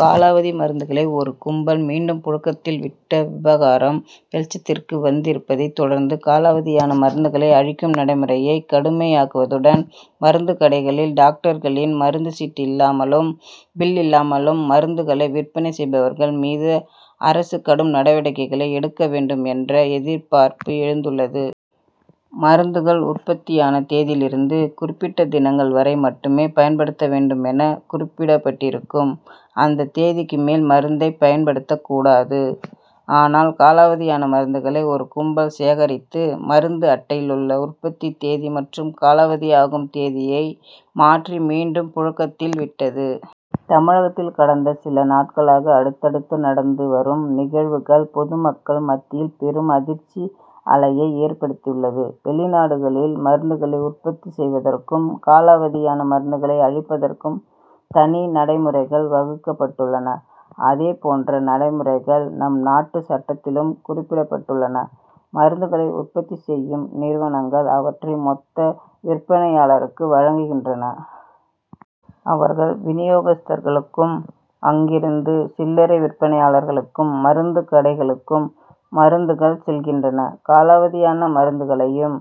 காலாவதி மருந்துகளை ஒரு கும்பல் மீண்டும் புழக்கத்தில் விட்ட விவகாரம் வெளிச்சத்திற்கு வந்திருப்பதைத் தொடர்ந்து, காலாவதியான மருந்துகளை அழிக்கும் நடைமுறையை கடுமையாக்குவதுடன், மருந்துக் கடைகளில் டாக்டர்களின் மருந்துச் சீட்டு இல்லாமலும், பில் இல்லாமலும் மருந்துகளை விற்பனை செய்பவர்கள் மீது அரசு கடும் நடவடிக்கைகளை எடுக்க வேண்டும் என்ற எதிர்பார்ப்பு எழுந்துள்ளது. மருந்துகள் உற்பத்தியான தேதியிலிருந்து, குறிப்பிட்ட தினங்கள் வரை மட்டுமே பயன்படுத்த வேண்டும் என குறிப்பிடப்பட்டிருக்கும். அந்த தேதிக்கு மேல் மருந்தை பயன்படுத்தக் கூடாது. ஆனால், காலாவதியான மருந்துகளை ஒரு கும்பல் சேகரித்து, மருந்து அட்டையில் உள்ள உற்பத்தி தேதி மற்றும் காலாவதியாகும் தேதியை மாற்றி, மீண்டும் புழக்கத்தில் விட்டது. தமிழகத்தில் கடந்த சில நாட்களாக அடுத்தடுத்து நடந்து வரும் இந்நிகழ்வுகள், பொதுமக்கள் மத்தியில் பெரும் அதிர்ச்சி அலையை ஏற்படுத்தியுள்ளது. வெளிநாடுகளில் மருந்துகளை உற்பத்தி செய்வதற்கும், காலாவதியான மருந்துகளை அழிப்பதற்கும் தனி நடைமுறைகள் வகுக்கப் பட்டுள்ளன. அதே போன்ற நடைமுறைகள் நம் நாட்டு சட்டத்திலும் குறிப்பிடப்பட்டுள்ளன. மருந்துகளை உற்பத்தி செய்யும் நிறுவனங்கள், அவற்றை மொத்த விற்பனையாளருக்கு வழங்குகின்றன. அவர்கள் வினியோகஸ்தர்களுக்கும், அங்கிருந்து சில்லரை விற்பனையாளர்களுக்கும், மருந்துக் கடைகளுக்கும் மருந்துகள் செல்கின்றன. காலாவதியான மருந்துகளையும்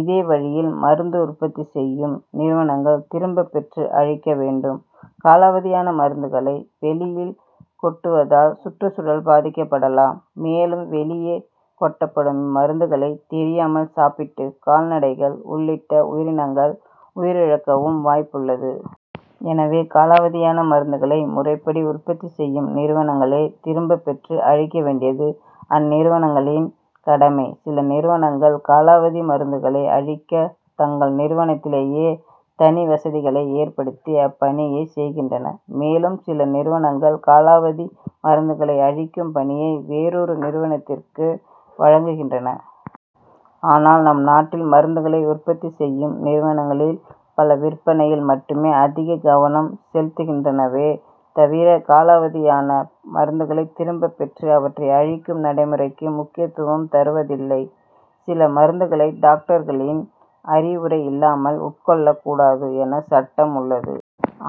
இதே வழியில் மருந்து உற்பத்தி செய்யும் நிறுவனங்கள் திரும்பப் பெற்று அழிக்க வேண்டும். காலாவதியான மருந்துகளை வெளியில் கொட்டுவதால், சுற்றுச்சூழல் பாதிக்கப்படலாம். மேலும், வெளியே கொட்டப்படும் இம்மருந்துகளை தெரியாமல் சாப்பிட்டு, கால்நடைகள் உள்ளிட்ட உயிரினங்கள் உயிரிழக்கவும் வாய்ப்புள்ளது. எனவே, காலாவதியான மருந்துகளை, முறைப்படி உற்பத்தி செய்யும் நிறுவனங்களே திரும்பப் பெற்று அழிக்க வேண்டியது அந்நிறுவனங்களின் கடமை. சில நிறுவனங்கள் காலாவதி மருந்துகளை அழிக்க, தங்கள் நிறுவனத்திலேயே தனி வசதிகளை ஏற்படுத்தி அப்பணியைச் செய்கின்றன. மேலும், சில நிறுவனங்கள் காலாவதி மருந்துகளை அழிக்கும் பணியை வேறொரு நிறுவனத்திற்கு வழங்குகின்றன. ஆனால், நம் நாட்டில் மருந்துகளை உற்பத்தி செய்யும் நிறுவனங்களில் பல, விற்பனையில் மட்டுமே அதிக கவனம் செலுத்துகின்றனவே தவிர, காலாவதியான மருந்துகளை திரும்பப் பெற்று அவற்றை அழிக்கும் நடைமுறைக்கு முக்கியத்துவம் தருவதில்லை. சில மருந்துகளை டாக்டர்களின் அறிவுரை இல்லாமல் உட்கொள்ளக் கூடாது என சட்டம் உள்ளது.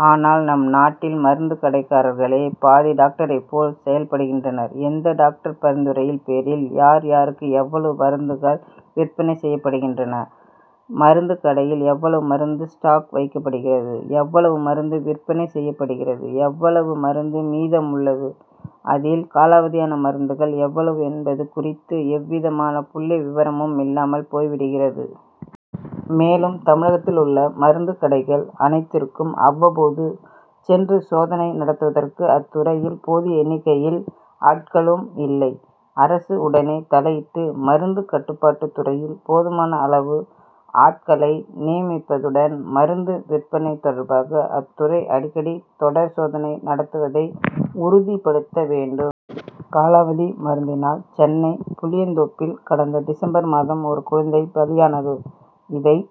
ஆனால், நம் நாட்டில் மருந்துக் கடைக்காரர்களே பாதி டாக்டர்களைப் போல செயல்படுகின்றனர். எந்த டாக்டர் பரிந்துரையின் பேரில், யார், யாருக்கு எவ்வளவு மருந்துகள் விற்பனை செய்யப்படுகின்றன, மருந்துக் கடையில் எவ்வளவு மருந்து ஸ்டாக் வைக்கப்படுகிறது, எவ்வளவு மருந்து விற்பனை செய்யப்படுகிறது, எவ்வளவு மருந்து மீதமுள்ளது, அதில் காலாவதியான மருந்துகள் எவ்வளவு என்பது குறித்து எந்தவிதமான புள்ளி விவரமும் இல்லாமல் போய் விடுகிறது. மேலும், தமிழகத்தில் உள்ள மருந்துக் கடைகள் அனைத்திற்கும் அவ்வப்போது சென்று சோதனை நடத்துவதற்கு, அத்துறையில் போதிய எண்ணிக்கையில் ஆட்களும் இல்லை. அரசு உடனே தலையிட்டு, மருந்துக் கட்டுப்பாட்டுத் துறையில் போதுமான அளவு ஆட்களை நியமிப்பதுடன், மருந்து விற்பனை தொடர்பாக அத்துறை அடிக்கடி தொடர் சோதனை நடத்துவதை உறுதிப்படுத்த வேண்டும். காலாவதி மருந்தினால், சென்னை புளியந்தோப்பில் கடந்த டிசம்பர் மாதம் ஒரு குழந்தை பலியானது. இதைத்